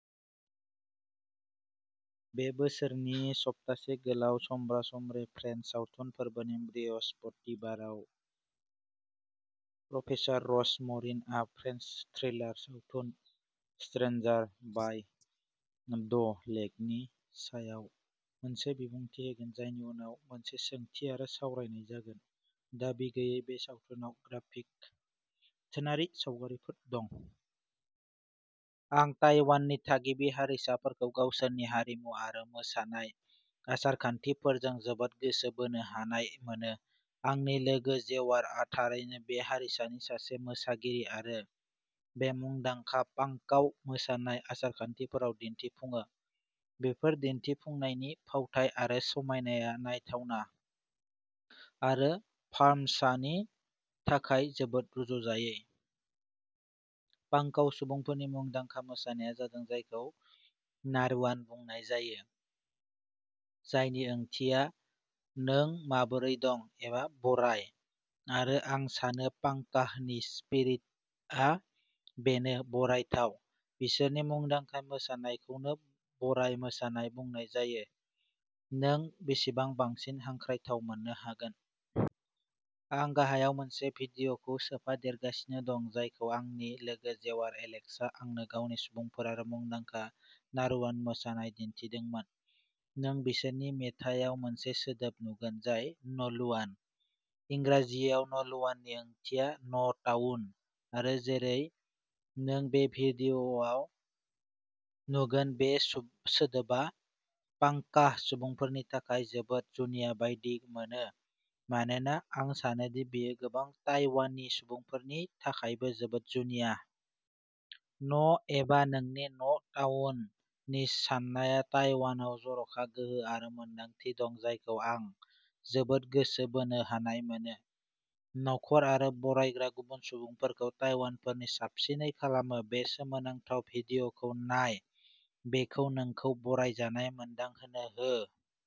बे बोसोरनि सप्तासे गोलाव समब्रा-समब्रि फ्रेन्स सावथुन फोरबोनि बृहस्पतिबाराव, प्रफेसार रस मरिनआ फ्रेन्स थ्रिलार सावथुन, स्ट्रेन्जार बाय द लेकनि सायाव मोनसे बिबुंथि होगोन, जायनि उनाव मोनसे सोंथि आरो सावरायनाय जागोन। दाबि गैयैः बे सावथुनाव ग्राफिक आथोनारि सावगारिफोर दं। आं ताइवाननि थागिबि हारिसाफोरखौ गावसोरनि हारिमु आरो मोसानाय आसार-खान्थिफोरजों जोबोद गोसो बोनो हानाय मोनो। आंनि लोगो जेवारआ थारैनो बे हारिसानि सासे मोसागिरि आरो बे मुंदांखा पांकाउ मोसानाय आसार-खान्थिफोराव दिन्थिफुङो। बेफोर दिन्थिफुंनायनि फावथाइ आरो समायनाया नायथावना आरो फर्म'सानि थाखाय जोबोद रुजुजायै। पांकाउ सुबुंफोरनि मुंदांखा मोसानाया जादों जायखौ "नारुवान" बुंनाय जायो जायनि ओंथिया "नों माबोरै दं? " एबा "बराय"। आरो आं सानो पांकाहनि स्पिरिटआ बेनो, बरायथाव। बिसोरनि मुंदांखा मोसानायखौनो "बराय मोसानाय" बुंनाय जायो। नों बेसेबां बांसिन हांख्रायथाव मोन्नो हागोन? आं गाहायाव मोनसे भिडिअ'खौ सोफादेरगासिनो दं जायखौ आंनि लोगो जेवार एलेक्सआ आंनो गावनि सुबुंफोर आरो मुंदांखा "नारुवान मोसानाय" दिन्थिदोंमोन। नों बिसोरनि मेथाइयाव मोनसे सोदोब नुगोन जाय "नलुवान"। इंराजियाव नलुवाननि ओंथिया "न'टाउन" आरो जेरै नों बे भिडिअ'आव नुगोन बे सोदोबा पांकाह सुबुंफोरनि थाखाय जोबोद जुनिया बायदि मोनो मानोना आं सानोदि बेयो गोबां ताइवानी सुबुंफोरनि थाखायबो जोबोद जुनिया। "न'" एबा नोंनि "न'टाउन" नि साननाया ताइवानआव जर'खा गोहो आरो मोनदांथि दं जायखौ आं जोबोद गोसो बोनो हानाय मोनो। नखर आरो "बरायग्रा" गुबुन सुबुंफोरखौ ताइवानफोरा साबसिनै खालामो। बे सोमोनांथाव भिडिअ'खौ नाय बेखौ नोंखौ "बरायजानाय" मोनदांहोनो हो।